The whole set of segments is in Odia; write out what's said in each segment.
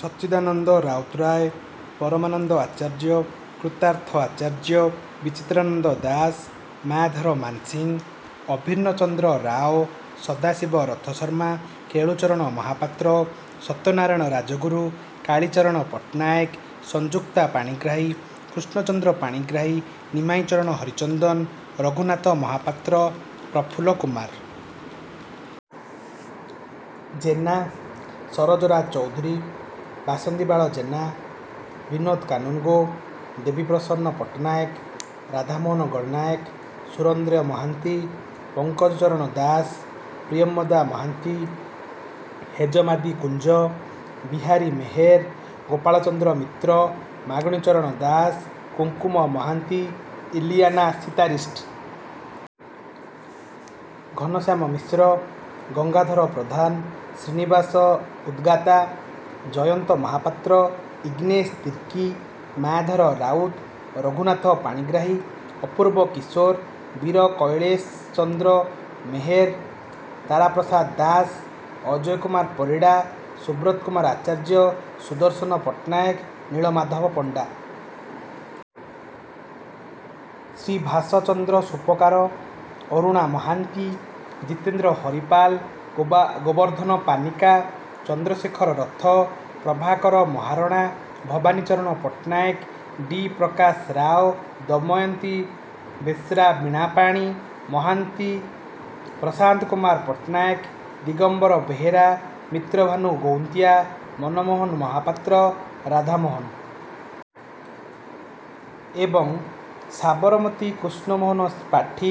ସଚ୍ଚିଦାନନ୍ଦ ରାଉତରାୟ ପରମାନନ୍ଦ ଆଚାର୍ଯ୍ୟ କୃତାର୍ଥ ଆଚାର୍ଯ୍ୟ ବିଚିତ୍ରାନନ୍ଦ ଦାସ ମାୟାଧର ମାନସିଂହ ଅଭିନ୍ନ ଚନ୍ଦ୍ର ରାଓ ସଦାଶିବ ରଥଶର୍ମା କେଳୁଚରଣ ମହାପାତ୍ର ସତ୍ୟନାରାୟଣ ରାଜଗୁରୁ କାଳୀଚରଣ ପଟ୍ଟନାୟକ ସଂଯୁକ୍ତା ପାଣିଗ୍ରାହୀ କୃଷ୍ଣଚନ୍ଦ୍ର ପାଣିଗ୍ରାହୀ ନିମାଇଁ ଚରଣ ହରିଚନ୍ଦନ ରଘୁନାଥ ମହାପାତ୍ର ପ୍ରଫୁଲ୍ଲ କୁମାର ଜେନା ସରୋଜ ରାଜ ଚୌଧୁରୀ ବାସନ୍ତୀବାଳା ଜେନା ବିନୋଦ କାନୁନଗୋ ଦେବୀପ୍ରସନ୍ନ ପଟ୍ଟନାୟକ ରାଧାମୋହନ ଗଡ଼ନାୟକ ସୁରେନ୍ଦ୍ର ମହାନ୍ତି ପଙ୍କଜ ଚରଣ ଦାସ ପ୍ରିୟମ୍ବଦା ମହାନ୍ତି ହେଜମାଦି କୁଞ୍ଜ ବିହାରୀ ମେହେର ଗୋପାଳ ଚନ୍ଦ୍ର ମିତ୍ର ମାଗୁଣି ଚରଣ ଦାସ କୁଙ୍କୁମ Mohanty Ileana Citaristi Ghanashyam Mishra Gangadhar Pradhan Srinivas Udgata Jayanta Mohapatra Ignace Tirkey Mayadhar Raut Raghunath Panigrahi Apurba Kishore Bir Kailash Chandra Meher Taraprasad Das Ajay Kumar Parida Subrat Kumar Acharya Sudarshan Pattanaik Nila Madhab Panda Sribhash Chandra Supakar Aruna Mohanty Jitendra Haripal Gobardhan Panika Chandrasekhar Rath Prabhakar Maharana Bhabani Charan Pattanaik D Prakash Rao Damayanti Besra Binapani Mohanty Prashant Kumar Pattanaik Digambar Behera Mitrabhanu Gauntia Manmohan Mohapatra Radhamohan ଏବଂ ସାବରମତୀ କୃଷ୍ଣମୋହନ ପାଠୀ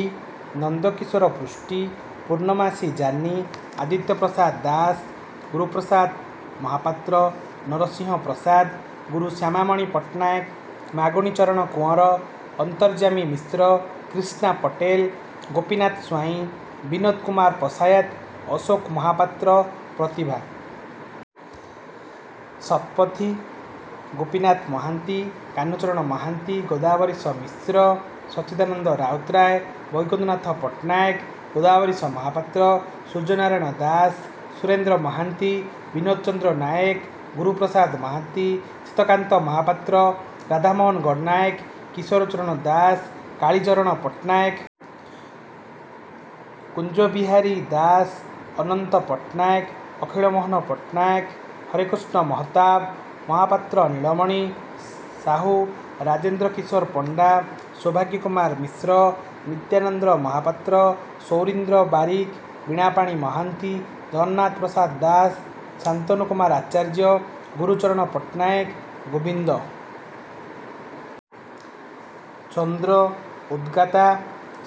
ନନ୍ଦକିଶୋର ପୃଷ୍ଟି ପୂର୍ଣ୍ଣମାସୀ ଜାନୀ ଆଦିତ୍ୟ ପ୍ରସାଦ ଦାଶ ଗୁରୁପ୍ରସାଦ ମହାପାତ୍ର ନରସିଂହ ପ୍ରସାଦ ଗୁରୁ ଶ୍ୟାମାମଣି ପଟ୍ଟନାୟକ ମାଗୁଣି ଚରଣ କୁଅଁର ଅନ୍ତର୍ଯ୍ୟାମୀ ମିଶ୍ର କ୍ରିଷ୍ଣା ପଟେଲ ଗୋପୀନାଥ ସ୍ୱାଇଁ ବିନୋଦ କୁମାର ପଶାୟତ ଅଶୋକ ମହାପାତ୍ର ପ୍ରତିଭା ଶତପଥୀ ଗୋପୀନାଥ ମହାନ୍ତି କାହ୍ନୁ ଚରଣ ମହାନ୍ତି ଗୋଦାବରୀଶ ମିଶ୍ର ସଚ୍ଚିଦାନନ୍ଦ ରାଉତରାୟ ବୈକୁଣ୍ଠନାଥ ପଟ୍ଟନାୟକ ଗୋଦାବରୀଶ ମହାପାତ୍ର ସୂର୍ଯ୍ୟନାରାୟଣ ଦାଶ ସୁରେନ୍ଦ୍ର ମହାନ୍ତି ବିନୋଦ ଚନ୍ଦ୍ର ନାୟକ ଗୁରୁ ପ୍ରସାଦ ମହାନ୍ତି ସୀତାକାନ୍ତ ମହାପାତ୍ର ରାଧାମୋହନ ଗଡ଼ନାୟକ କିଶୋରୀ ଚରଣ ଦାସ କାଳୀଚରଣ ପଟ୍ଟନାୟକ କୁଞ୍ଜବିହାରୀ ଦାଶ ଅନନ୍ତ ପଟ୍ଟନାୟକ ଅଖିଳ ମୋହନ ପଟ୍ଟନାୟକ ହରେକୃଷ୍ଣ ମହତାବ ମହାପାତ୍ର ନୀଳମଣି ସାହୁ ରାଜେନ୍ଦ୍ର କିଶୋର ପଣ୍ଡା ସୌଭାଗ୍ୟ କୁମାର ମିଶ୍ର ନିତ୍ୟାନନ୍ଦ ମହାପାତ୍ର ସୌରୀନ୍ଦ୍ର ବାରିକ ବୀଣାପାଣି ମହାନ୍ତି ଜଗନ୍ନାଥ ପ୍ରସାଦ ଦାସ ଶାନ୍ତନୁ କୁମାର ଆଚାର୍ଯ୍ୟ ଗୁରୁଚରଣ ପଟ୍ଟନାୟକ ଗୋବିନ୍ଦ୍ର ଚନ୍ଦ୍ର ଉଦଗାତା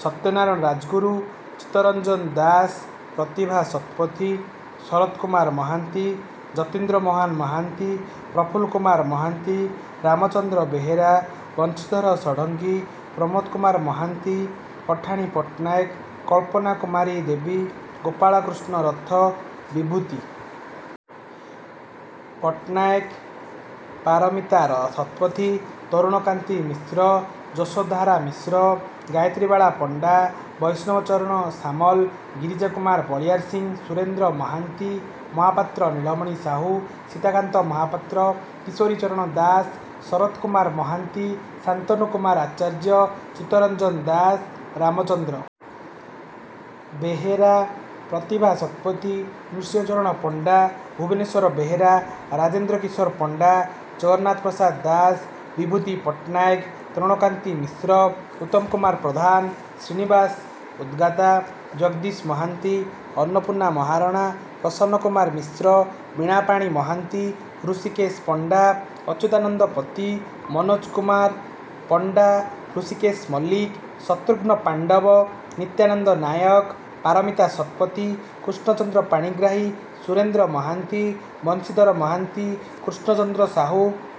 ସତ୍ୟନାରାୟଣ ରାଜଗୁରୁ ଚିତ୍ତରଞ୍ଜନ ଦାସ ପ୍ରତିଭା ଶତପଥୀ ଶରତ କୁମାର ମହାନ୍ତି ଯତୀନ୍ଦ୍ର ମୋହନ ମହାନ୍ତି ପ୍ରଫୁଲ୍ଲ କୁମାର ମହାନ୍ତି ରାମଚନ୍ଦ୍ର ବେହେରା ବଂଶୀଧର ଷଡ଼ଙ୍ଗୀ ପ୍ରମୋଦ କୁମାର ମହାନ୍ତି ପଠାଣି ପଟ୍ଟନାୟକ କଳ୍ପନା କୁମାରୀ ଦେବୀ ଗୋପାଳ କୃଷ୍ଣ ରଥ ବିଭୂତି ପଟ୍ଟନାୟକ ପାରମିତା ଶତପଥୀ ତରୁଣକାନ୍ତି ମିଶ୍ର ଯଶୋଧାରା ମିଶ୍ର ଗାୟତ୍ରୀବାଳା ପଣ୍ଡା ବୈଷ୍ଣବ ଚରଣ ସାମଲ ଗିରିଜାକୁମାର ବଳୀୟାରସିଂହ ସୁରେନ୍ଦ୍ର ମହାନ୍ତି ମହାପାତ୍ର ନୀଳମଣି ସାହୁ ସୀତାକାନ୍ତ ମହାପାତ୍ର କିଶୋରୀ ଚରଣ ଦାସ ଶରତ କୁମାର ମହାନ୍ତି ଶାନ୍ତନୁ କୁମାର ଆଚାର୍ଯ୍ୟ ଚିତ୍ତରଞ୍ଜନ ଦାସ ରାମଚନ୍ଦ୍ର ବେହେରା ପ୍ରତିଭା ଶତପଥୀ ନୃସିଂହ ଚରଣ ପଣ୍ଡା ଭୁବନେଶ୍ଵର ବେହେରା ରାଜେନ୍ଦ୍ର କିଶୋର ପଣ୍ଡା ଜଗନ୍ନାଥ ପ୍ରସାଦ ଦାସ ବିଭୂତି ପଟ୍ଟନାୟକ ତରୁଣକାନ୍ତି ମିଶ୍ର ଉତ୍ତମ କୁମାର ପ୍ରଧାନ ଶ୍ରୀନିବାସ ଉଦ୍ଗାତା ଜଗଦୀଶ ମହାନ୍ତି ଅନ୍ନପୂର୍ଣ୍ଣା ମହାରଣା ପ୍ରସନ୍ନ କୁମାର ମିଶ୍ର ବୀଣାପାଣି ମହାନ୍ତି ହୃଷୀକେଶ ପଣ୍ଡା ଅଚ୍ୟୁତାନନ୍ଦ ପତି ମନୋଜ କୁମାର ପଣ୍ଡା ହୃଷୀକେଶ ମଲ୍ଲିକ ଶତ୍ରୁଘ୍ନ ପାଣ୍ଡବ ନିତ୍ୟାନନ୍ଦ ନାୟକ ପାରମିତା ଶତପଥୀ କୃଷ୍ଣଚନ୍ଦ୍ର ପାଣିଗ୍ରାହୀ ସୁରେନ୍ଦ୍ର ମହାନ୍ତି ବଂଶୀଧର ମହାନ୍ତି କୃଷ୍ଣଚନ୍ଦ୍ର ସାହୁ।